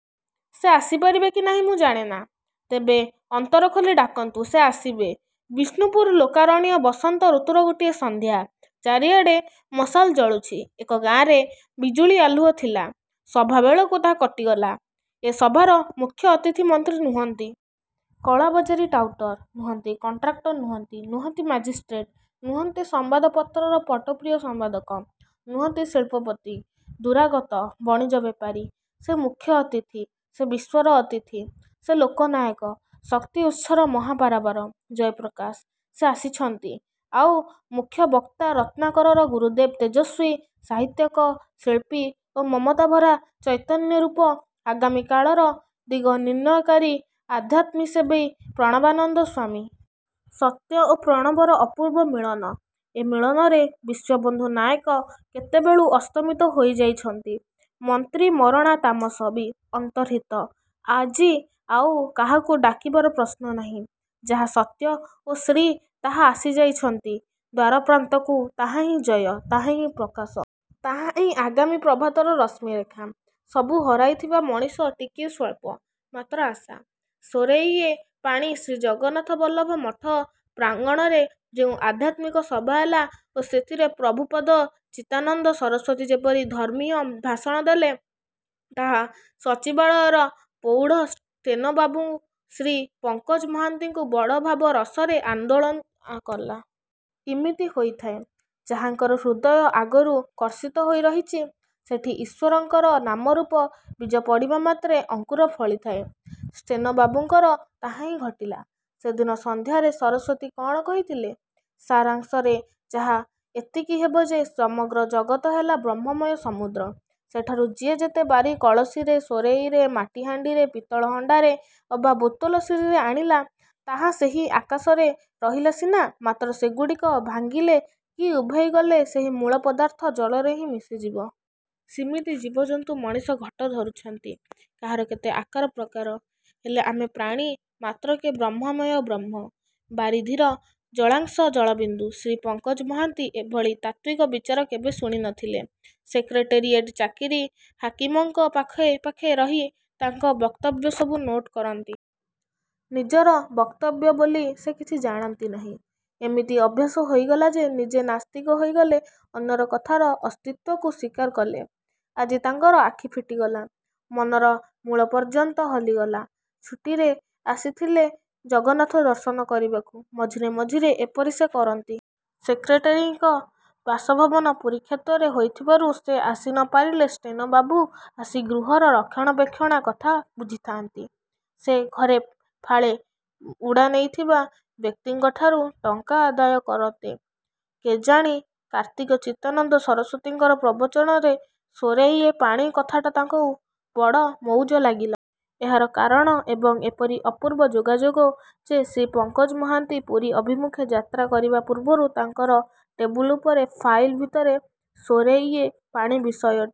ସେ ଆସିପାରିବେ କି ନାହିଁ ମୁଁ ଜାଣେନା, ତେବେ ଅନ୍ତର ଖୋଲି ଡାକନ୍ତୁ, ସେ ଆସିବେ। ବିଷ୍ଣୁପୁର ଲୋକାରଣ୍ୟ… ବସନ୍ତ ଋତୁର ଗୋଟିଏ ସନ୍ଧ୍ୟା। ଚାରିଆଡେ଼ ମସାଲ ଜଳୁଛି… ଏ ଗାଁରେ ବିଜୁଳି ଆଲୁଅ ଥିଲା, ସଭା ବେଳକୁ ତାହା କଟିଗଲା। ଏ ସଭାର ମୁଖ୍ୟ ଅତିଥି ମନ୍ତ୍ରୀ ନୁହଁନ୍ତି। କଳାବଜାରୀ ଟାଉଟର। ନୁହଁନ୍ତି। କଣ୍ଟ୍ରାକ୍ଟର ନୁହଁନ୍ତି। ନୁହଁନ୍ତି ମାଜିଷ୍ଟ୍ରେଟ…। ନୁହଁନ୍ତି ସମ୍ବାଦପତ୍ରର ଫଟୋପ୍ରିୟ ସମ୍ପାଦକ। ନୁହନ୍ତି ଶିଳ୍ପପତି, ଦୂରାଗତ ବଣିଜ ବେପାରୀ- ଯେ ମୁଖ୍ୟ ଅତିଥି, ସେ ବିଶ୍ୱର ଅତିଥି, ସେ ଲୋକନାୟକ… ଶକ୍ତି ଉତ୍ସର ମହା ପାରାବାର… "ଜୟପ୍ରକାଶ"। ସେ ଆସିଛନ୍ତି। ଆଉ ମୁଖ୍ୟ ବକ୍ତା ରତ୍ନାକରର ଗୁରୁଦେବ, ତେଜସ୍ଵୀ ସାହିତ୍ୟିକ, ଶିଳ୍ପୀ ଓ ମମତାଭରା ଚୈତନ୍ୟରୂପ, ଆଗାମୀ କାଳର ଦିଗ ନିର୍ଣ୍ଣୟକାରୀ ଆଧ୍ୟାତ୍ମ୍ୟସେବୀ ପ୍ରଣବାନନ୍ଦ ସ୍ୱାମୀ। ସତ୍ୟ ଓ ପ୍ରଣବର ଅପୂର୍ବ ମିଳନ!!! ଏ ମିଳନରେ ବିଶ୍ଵବନ୍ଧୁ ନାୟକ କେତେବେଳୁ ଅସ୍ତମିତ ହୋଇଯାଇଛନ୍ତି। ମନ୍ତ୍ରୀ-ମରଣା-ତାମସ ବି ଅନ୍ତର୍ହିତ। ଆଜି ଆଉ "କାହାକୁ ଡାକିବା"ର ପ୍ରଶ୍ନ ନାହିଁ। ଯାହା ସତ୍ୟ ଓ ଶ୍ରୀ, ତାହା ଆସିଯାଇଛି ଦ୍ଵାରପ୍ରାନ୍ତକୁ... ତାହାହିଁ ଜୟ; ତାହା ହିଁ ପ୍ରକାଶ। ତାହାହିଁ ଆଗାମୀ ପ୍ରଭାତର ରଶ୍ମୀରେଖା… ସବୁ ହରାଇଥିବା ମଣିଷର ଟିକିଏ ସ୍ୱଳ୍ପ… ମାତ୍ର ଆଶା… ସୋରେଇଏ ପାଣି ଶ୍ରୀଜଗନ୍ନାଥବଲ୍ଲଭ ମଠ ପ୍ରାଙ୍ଗଣରେ ଯେଉଁ ଆଧ୍ୟତ୍ମିକ ସଭା ହେଲା ଓ ସେଥିରେ ପ୍ରଭୁପାଦ ଚିଦାନନ୍ଦ ସରସ୍ୱତୀ ଯେପରି ଧର୍ମୀୟ ଭାଷଣ ଦେଲେ, ତାହା ସଚିବାଳୟର ପୌଢ଼ ଷ୍ଟେନୋବାବୁ ଶ୍ରୀ ପଙ୍କଜ ମହାନ୍ତିକୁ ବଡ଼ ଭାବ-ରସରେ ଆନ୍ଦୋଳିତ କଲା। ଇମିତି ହୋଇଥାଏ। ଯାହାଙ୍କର ହୃଦୟ ଆଗରୁ କର୍ଷିତହୋଇ ରହିଛି, ସେଠୀ ଈଶ୍ୱରଙ୍କର ନାମରୂପ ବୀଜ ପଡ଼ିବାମାତ୍ରେ ଅଙ୍କୁର ଫଳିଯାଏ। ଷ୍ଟେନୋବାବୁଙ୍କର ତାହାହିଁ ଘଟିଲା। ସେଦିନ ସନ୍ଧ୍ୟାରେ ସରସ୍ୱତୀ କଣ କହିଥିଲେ, ସାରାଂଶରେ ତାହା ଏତିକି ହେବ ଯେ, ସମଗ୍ର ଜଗତ ହେଲା ବ୍ରହ୍ମମୟ ସମୁଦ୍ର। ସେଠାରୁ ଯିଏ ଯେତେ ବାରି କଳସୀରେ, ସୋରେଇରେ, ମାଟି ହାଣ୍ଡିରେ, ପିତଳ ହଣ୍ଡାରେ ଅବା ବୋତଲ ଶିଶିରେ ଆଣିଲା, ତାହା ସେହି ଆକାରରେ ରହିଲା ସିନା; ମାତ୍ର ସେଗୁଡ଼ିକ ଭାଙ୍ଗିଲେ କି ଉଭେଇଗଲେ ସେହି ମୂଳ ପଦାର୍ଥ ଜଳରେ ହିଁ ମିଶିଯିବ। ସିମିତି ଜୀବଜନ୍ତୁ ମଣିଷ ଘଟ ଧରୁଛନ୍ତି। କାହାର କେତେ ଆକାର ପ୍ରକାର, ହେଲେ ଆମେ ପ୍ରାଣୀ ମାତ୍ରକେ ବ୍ରହ୍ମମୟ, ବ୍ରହ୍ମ। ବାରିଧିର ଜଳାଂଶ ଜଳବିନ୍ଦୁ। ଶ୍ରୀ ପଙ୍କଜ ମହାନ୍ତି ଏଭଳି ତାତ୍ୱିକ ବିଚାର କେବେ ଶୁଣିନଥିଲେ। ସେକ୍ରେଟେରିଏଟ ଚାକିରୀ, ହାକିମଙ୍କ ପାଖେ ପାଖେ ରହି ତାଙ୍କ ବକ୍ତବ୍ୟ ସବୁ ନୋଟ୍ କରନ୍ତି। ନିଜର ବକ୍ତବ୍ୟ ବୋଲି ସେ କିଛି ଜାଣନ୍ତି ନାହିଁ। ଏମିତି ଅଭ୍ୟାସ ହୋଇଗଲା ଯେ, ନିଜେ ନାସ୍ତିକ ହୋଇଗଲେ, ଅନ୍ୟର କଥାର ଅସ୍ତିତ୍ଵକୁ ସ୍ଵୀକାର କଲେ। ଆଜି ତାଙ୍କର ଆଖି ଫିଟିଗଲା। ମନର ମୂଳପର୍ଯ୍ୟନ୍ତ ହଲିଗଲା! ଛୁଟିରେ ଆସିଥିଲେ ଜଗନ୍ନାଥ ଦର୍ଶନ କରିବାକୁ। ମଝିରେ ମଝିରେ ଏପରି ସେ କରନ୍ତି। ସେକ୍ରେଟେରୀଙ୍କ ବାସଭବନ ପୁରୀକ୍ଷେତ୍ରରେ ହୋଇଥିବାରୁ, ସେ ଆସି ନ ପାରିଲେ ଷ୍ଟେନୋବାବୁ ଆସି ଗୃହର ରକ୍ଷଣାବେକ୍ଷଣା କଥା ବୁଝିଯାଆନ୍ତି। ସେ ଘରେ ଫାଳେ ଉଡ଼ାନେଇଥିବା ବ୍ୟକ୍ତିଙ୍କଠାରୁ ଟଙ୍କା ଆଦାୟ କରନ୍ତି। କେଜାଣି କାର୍ତ୍ତିକ ଚିଦାନନ୍ଦ ସରସ୍ଵତୀଙ୍କର ପ୍ରବଚନରେ "ସୋରେଇଏ ପାଣି "କଥାଟା ତାଙ୍କୁ ବଡ଼ ମଉଜ ଲାଗିଲା। ଏହାର କାରଣ ଏବଂ ଏପରି ଅପୂର୍ବ ଯୋଗାଯୋଗ ଯେ, ଶ୍ରୀ ପଙ୍କଜ ମହାନ୍ତି ପୁରୀ ଅଭିମୁଖେ ଯାତ୍ରା କରିବା ପୂର୍ବରୁ ତାଙ୍କର ଟେବୁଲ ଉପରେ, ଫାଇଲ ଭିତରେ 'ସୋରେଇଏ ପାଣି' ବିଷୟଟି